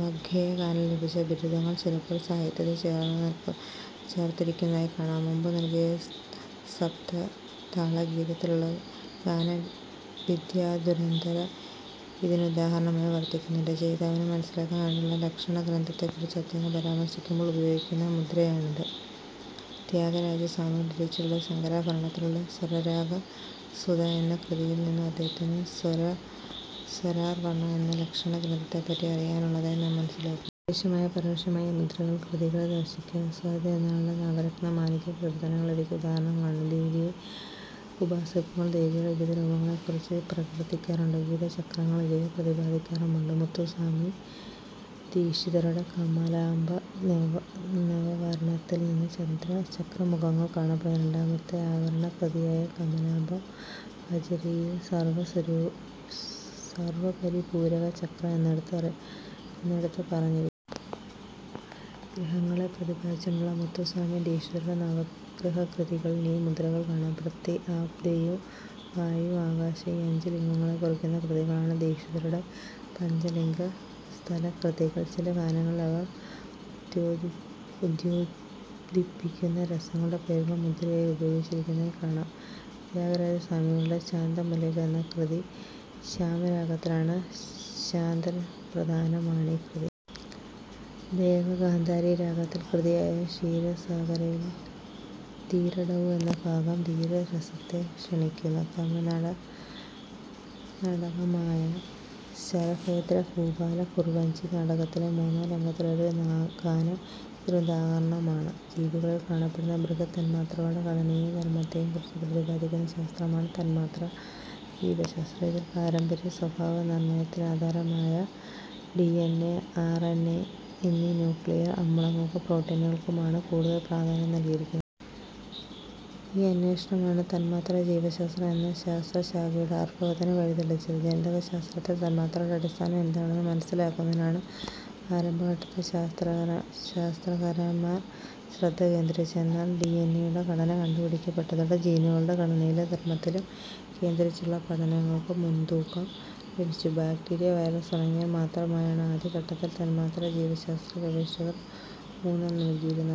വാഗ്ഗേയകാരന് ലഭിച്ച ബിരുദങ്ങൾ ചിലപ്പോൾ സാഹിത്യത്തിൽ ചേർത്തിരിക്കുന്നതായി കാണാം. മുമ്പു നൽകിയ സപ്തതാളഗീതത്തിലുള്ള ഗാനവിദ്യാധുരന്തര ഇതിനുദാഹരണമായി വർത്തിക്കുന്നു. രചയിതാവിനു മനസ്സിലാക്കാൻ കഴിഞ്ഞിട്ടുള്ള ലക്ഷണഗ്രന്ഥത്തെക്കുറിച്ച് അദ്ദേഹം പരാമർശിക്കുമ്പോൾ ഉപയോഗിക്കുന്ന മുദ്രയാണിത്. ത്യാഗരാജസ്വാമികൾ രചിച്ചിട്ടുള്ള ശങ്കരാഭരണരാഗത്തിലുള്ള സ്വരരാഗസുധ എന്ന കൃതിയിൽനിന്നും അദ്ദേഹത്തിന് സ്വരാർണവം എന്ന ലക്ഷണഗ്രന്ഥത്തെപ്പറ്റി അറിവുള്ളതായി നാം മനസ്സിലാക്കുന്നു. പ്രത്യക്ഷമായോ പരോക്ഷമായോ ഈ മുദ്രകൾ കൃതികളിൽ ദർശിക്കാം. സ്വാതിതിരുനാളിന്റെ നവരത്നമാലിക കീർത്തനങ്ങൾ ഇവയ്ക്കുദാഹരണങ്ങളാണ്. ദേവിയെ ഉപാസിക്കുമ്പോൾ ദേവിയുടെ വിവിധ രൂപങ്ങളെക്കുറിച്ചു പ്രകീർത്തിക്കാറുണ്ട്. വിവിധ ചക്രങ്ങളെ ഇവയിൽ പ്രതിപാദിക്കാറുമുണ്ട്. മുത്തുസ്വാമിദീക്ഷിതരുടെ കമലാംബ നവാവരണത്തിൽ ചക്രമുദ്രകൾ കാണപ്പെടുന്നു. രണ്ടാമത്തെ ആവരണകൃതിയായ കമലാംബാം ഭജരേയിൽ സർവസപരിപൂരക ചക്ര എന്നെടുത്തു പറഞ്ഞിരിക്കുന്നു. ഗ്രഹങ്ങളെ പ്രതിപാദിച്ചുകൊണ്ടുള്ള മുത്തുസ്വാമിദീക്ഷിതരുടെ നവഗ്രഹകൃതികളിൽ ഈ മുദ്രകൾ കാണാം. പൃഥ്വി, അപ്പ്, തേയു, വായു, ആകാശം ഈ അഞ്ചു ലിംഗങ്ങളെക്കുറിക്കുന്ന കൃതികളാണ് ദീക്ഷിതരുടെ പഞ്ചലിംഗസ്ഥലകൃതികൾ. ചില ഗാനങ്ങളിൽ അവ ഉദ്യോതിപ്പിക്കുന്ന രസങ്ങളുടെ പേരുകൾ മുദ്രയായി ഉപയോഗിച്ചിരിക്കുന്നതായി കാണാം. ത്യാഗരാജസ്വാമികളുടെ ശാന്തമുലേക എന്ന കൃതി ശ്യാമരാഗത്തിലാണ്. ശാന്തരസപ്രധാനമാണീ കൃതി. ദേവഗാന്ധാരി രാഗത്തിലെ കൃതിയായ ക്ഷീരസാഗരയിലെ ധീരുഡൗ എന്ന ഭാഗം ധീരരസത്തെ കാണിക്കുന്നു. തമിഴ്നാടകമായ "ശരഭേദ്ര ഭൂപാല കുറവഞ്ചി നാടക"ത്തിലെ മൂന്നാംരംഗത്തിലെ ഒരു ഗാനം ഇതിനുദാഹരണമാണ്. ജീവികളിൽ കാണപ്പെടുന്ന ബൃഹത് തന്മാത്രകളുടെ ഘടനയേയും ധർമത്തേയും കുറിച്ചു പ്രതിപാദിക്കുന്ന ശാസ്ത്രമാണ് തന്മാത്രാ ജീവശാസ്ത്രം. ഇതിൽ പാരമ്പര്യ സ്വഭാവനിർണയത്തിനാധാരമായ ഡിഎൻഎ, ആർഎൻഎ എന്നീ ന്യൂക്ലിയിക അമ്ലങ്ങൾക്കും പ്രോട്ടീനുകൾക്കുമാണു കൂടുതൽ പ്രാധാന്യം നൽകിയിരിക്കുന്നത്. ഈ അന്വേഷണമാണ് തന്മാത്രാജീവശാസ്ത്രം എന്ന ശാസ്ത്രശാഖയുടെ ആവിർഭാവത്തിന് വഴി തെളിച്ചത്. ജനിതകശാസ്ത്രത്തിൽ തന്മാത്രകളുടെ അടിസ്ഥാനം എന്താണെന്നു മനസ്സിലാക്കുന്നതിനാണ് ആരംഭഘട്ടത്തിൽ ശാസ്ത്രകാരന്മാർ ശ്രദ്ധ കേന്ദ്രീകരിച്ചിരുന്നത്. എന്നാൽ ഡിഎൻഎയുടെ ഘടന കണ്ടുപിടിക്കപ്പെട്ടതോടെ ജീനുകളുടെ ഘടനയിലും ധർമത്തിലും കേന്ദ്രീകരിച്ചുള്ള പഠനങ്ങൾക്ക് മുൻതൂക്കം ലഭിച്ചു. ബാക്ടീരിയ, വൈറസ് തുടങ്ങിയവയിൽ മാത്രമായാണ് ആദ്യ ഘട്ടത്തിൽ തന്മാത്രാജീവശാസ്ത്ര ഗവേഷകർ ഊന്നൽ നൽകിയിരുന്നത്.